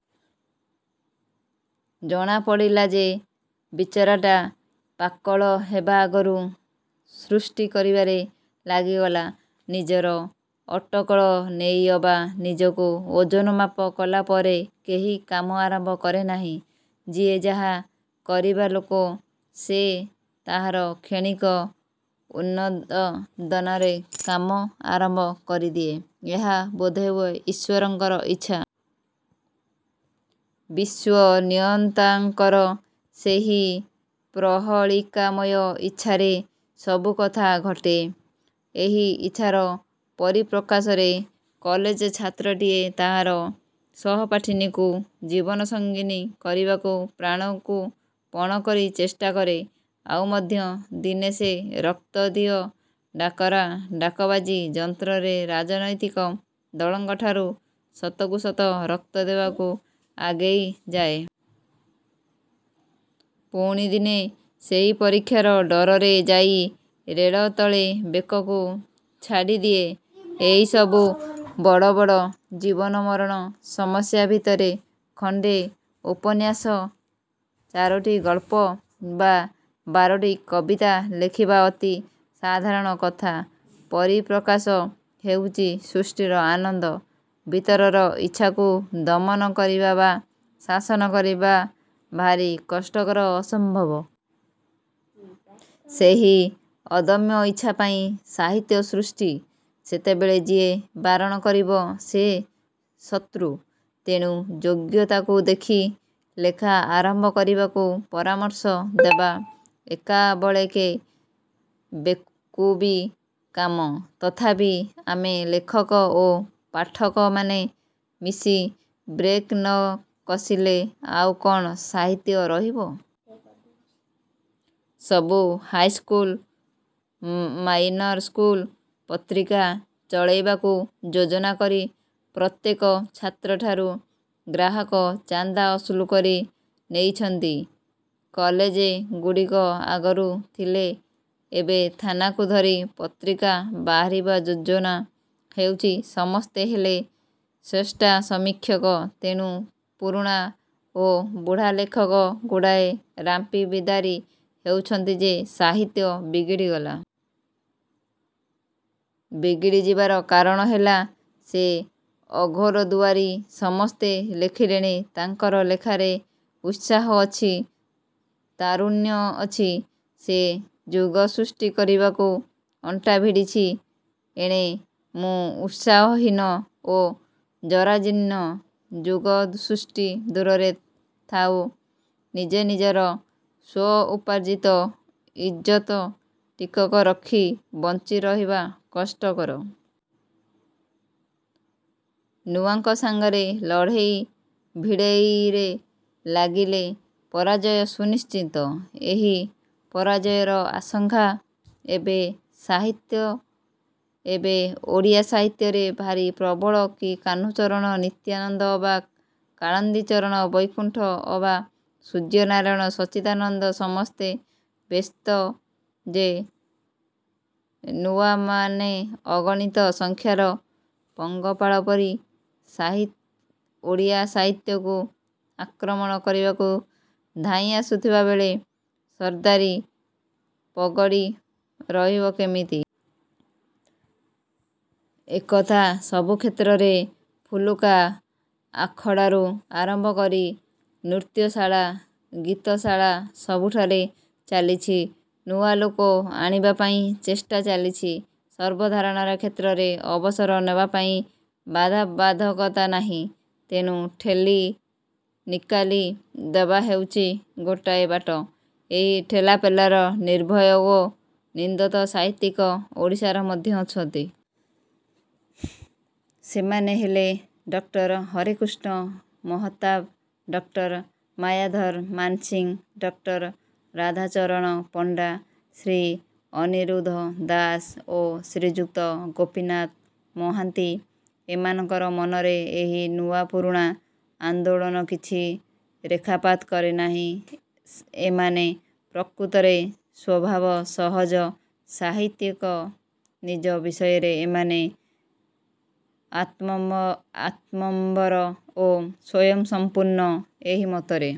ଜଣାପଡ଼ିଲା ଯେ ବିଚରାଟା ପାକଳ ହେବା ଆଗରୁ ସୃଷ୍ଟି କରିବାରେ ଲାଗିଗଲା। ନିଜର ଅଟକଳ ନେଇ ଅବା ନିଜକୁ ଓଜନମାପ କଲାପରେ କେହି କାମ ଆରମ୍ଭ କରେ ନାହିଁ। ଯିଏ ଯାହା କରିବା ଲୋକ ସେ ତାହାର କ୍ଷଣିକ ଉନ୍ମାଦନାରେ କାମ ଆରମ୍ଭ କରିଦିଏ। ଏହା ବୋଧହୁଏ ଈଶ୍ୱରଙ୍କର ଇଚ୍ଛା। ବିଶ୍ୱନିୟନ୍ତାଙ୍କର ସେହି ପ୍ରହେଳିକାମୟ ଇଚ୍ଛାରେ ସବୁ କଥା ଘଟେ। ଏହି ଇଚ୍ଛାର ପରିପ୍ରକାଶରେ କଲେଜ ଛାତ୍ରଟିଏ ତାହାର ସହପାଠିନୀକୁ ଜୀବନସଙ୍ଗୀନୀ କରିବାକୁ ପ୍ରାଣକୁ ପଣ କରି ଚେଷ୍ଟା କରେ। ଆଉ ମଧ୍ୟ ଦିନେ ସେ ରକ୍ତ ଦିଅ-ଡାକରା ଡାକବାଜି ଯନ୍ତ୍ରରେ ରାଜନୈତିକ ଦଳଙ୍କଠାରୁ ସତକୁ ସତ ରକ୍ତ ଦେବାକୁ ଆଗେଇ ଯାଏ। ପୁଣି ଦିନେ ସେହି ପରୀକ୍ଷାର ଡରରେ ଯାଇ ରେଳ ତଳେ ବେକକୁ ଛାଡ଼ିଦିଏ। ଏହିସବୁ ବଡ଼ ବଡ଼ ଜୀବନ-ମରଣ ସମସ୍ୟା ଭିତରେ ଖଣ୍ଡେ ଉପନ୍ୟାସ, ଚାରୋଟି ଗଳ୍ପ ବା ବାରୋଟି କବିତା ଲେଖିବା ଅତି ସାଧାରଣ କଥା। ପରିପ୍ରକାଶ ହେଉଛି ସୃଷ୍ଟିର ଆନନ୍ଦ। ଭିତରର ଇଚ୍ଛାକୁ ଦମନ କରିବା ବା ଶାସନ କରିବା ଭାରି କଷ୍ଟକର-ଅସମ୍ଭବ। ସେହି ଅଦମ୍ୟ ଇଚ୍ଛା ପାଇଁ ସାହିତ୍ୟ ସୃଷ୍ଟି। ସେତେବେଳେ ଯିଏ ବାରଣ କରିବ-ସେ ଶତୃ। ତେଣୁ ଯୋଗ୍ୟତାକୁ ଦେଖି ଲେଖା ଆରମ୍ଭ କରିବାକୁ ପରାମର୍ଶ ଦେବା ଏକାବେଳକେ ବେକୁବି କାମ। ତଥାପି ଆମେ ଲେଖକ ଓ ପାଠକମାନେ ମିଶି ବ୍ରେକ୍ ନ କଷିଲେ ଆଉ କ'ଣ ସାହିତ୍ୟ ରହିବ? ସବୁ ହାଇସ୍କୁଲ, ମାଇନର ସ୍କୁଲ ପତ୍ରିକା ଚଳାଇବାକୁ ଯୋଜନା କରି ପ୍ରତ୍ୟେକ ଛାତ୍ରଠାରୁ ଗ୍ରାହକ ଚାନ୍ଦା ଅସୁଲ କରି ନେଉଛନ୍ତି। କଲେଜ ଗୁଡ଼ିକ ଆଗରୁ ଥିଲେ। ଏବେ ଥାନାକୁ ଧରି ପତ୍ରିକା ବାହାରିବା ଯୋଜନା ହେଉଛି। ସମସ୍ତେ ହେଲେ ସ୍ରଷ୍ଟା ସମୀକ୍ଷକ। ତେଣୁ ପୁରୁଣା ଓ ବୁଢ଼ା ଲେଖକ ଗୁଡ଼ାକ ରାମ୍ପି ବିଦାରି ହେଉଛନ୍ତି ଯେ ସାହିତ୍ୟ ବିଗିଡ଼ିଗଲା। ବିଗିଡ଼ିଯିବାର କାରଣ ହେଲା ଯେ ଅଘୋରଦୁଆରୀ ସମସ୍ତେ ଲେଖିଲେଣି। ତାଙ୍କର ଲେଖାରେ ଉତ୍ସାହ ଅଛି-ତାରୁଣ୍ୟ ଅଛି। ସେ ଯୁଗ ସୃଷ୍ଟି କରିବାକୁ ଅଣ୍ଟା ଭିଡ଼ିଛି। ଏଣେ ମୁଁ ଉତ୍ସାହ-ହୀନ ଓ ଜରାଜୀର୍ଣ୍ଣ। ଯୁଗ ସୃଷ୍ଟି ଦୂରରେ ଥାଉ ନିଜେ ନିଜର ସ୍ୱ-ଉପାର୍ଜିତ ଇଜ୍ଜତ ଟିକକ ରଖି ବଞ୍ଚି ରହିବା କଷ୍ଟକର। ନୂଆଙ୍କ ସାଙ୍ଗରେ ଲଢ଼େଇ ଭିଡ଼େଇରେ ଲାଗିଲେ ପରାଜୟ ସୁନିଶ୍ଚିତ-। ଏହି ପରାଜୟର ଆଶଙ୍କା ଏବେ ଓଡ଼ିଆ ସାହିତ୍ୟରେ ଭାରି ପ୍ରବଳ। କି କାହ୍ନୁଚରଣ ନିତ୍ୟାନନ୍ଦ ଅବା କାଳିନ୍ଦୀଚରଣ ବୈକୁଣ୍ଠ ଅବା ସୂର୍ଯ୍ୟନାରାୟଣ ସଚ୍ଚିଦାନନ୍ଦ ସମସ୍ତେ ବ୍ୟସ୍ତ ଯେ ନୂଆମାନେ ଅଗଣିତ ସଂଖ୍ୟାରେ ପଙ୍ଗପାଳ ପରି ଓଡ଼ିଆ ସାହିତ୍ୟକୁ ଆକ୍ରମଣ କରିବାକୁ ଧାଇଁ ଆସୁଥିଲାବେଳେ ସର୍ଦାରି ପଗଡ଼ି ରହିବ କେମିତି? ଏକଥା। ସବୁ କ୍ଷେତ୍ରରେ ଫୁଲକା ଆଖଡ଼ାରୁ ଆରମ୍ଭ କରି ନୃତ୍ୟଶାଳା, ଗୀତଶାଳା ସବୁଠାରେ ଚାଲିଛି। ନୂଆ ଲୋକ ଆଣିବା ପାଇଁ ଚେଷ୍ଟା ଚାଲିଛି। ସର୍ବସାଧାରଣ କ୍ଷେତ୍ରରେ ଅବସର ନେବା ପାଇଁ ବାଧ୍ୟ ବାଧକତା ନାହିଁ। ତେଣୁ ଠେଲି ନିକାଲି ଦେବା ହେଉଛି ଗୋଟାଏ ବାଟ। ଏହି ଠେଲାପେଲାରେ ନିର୍ଭୟ ଓ ନିଦକ ସାହିତ୍ୟିକ ଓଡ଼ିଶାରେ ମଧ୍ୟ ଅଛନ୍ତି। ସେମାନେ ହେଲେ doctor Harekrushna Mahtab, doctor Mayadhar Mansingh, doctor Radhacharan Panda, Shri Aniruddha Das ଓ ଶ୍ରୀଯୁକ୍ତ ଗୋପୀନାଥ ମହାନ୍ତି। ଏମାନଙ୍କର ମନରେ ଏହି ନୂଆ ପୁରୁଣା ଆନ୍ଦୋଳନ କିଛି ରେଖାପାତ କରେ ନାହିଁ। ଏମାନେ ପ୍ରକୃତରେ ସ୍ୱଭାବ ସହଜ ସାହିତ୍ୟିକ-। ନିଜ ବିଷୟରେ ଏମାନେ ଆତ୍ମମ୍ଭର ଓ ସ୍ୱୟଂସଂପୂର୍ଣ୍ଣ। ଏହି ମତରେ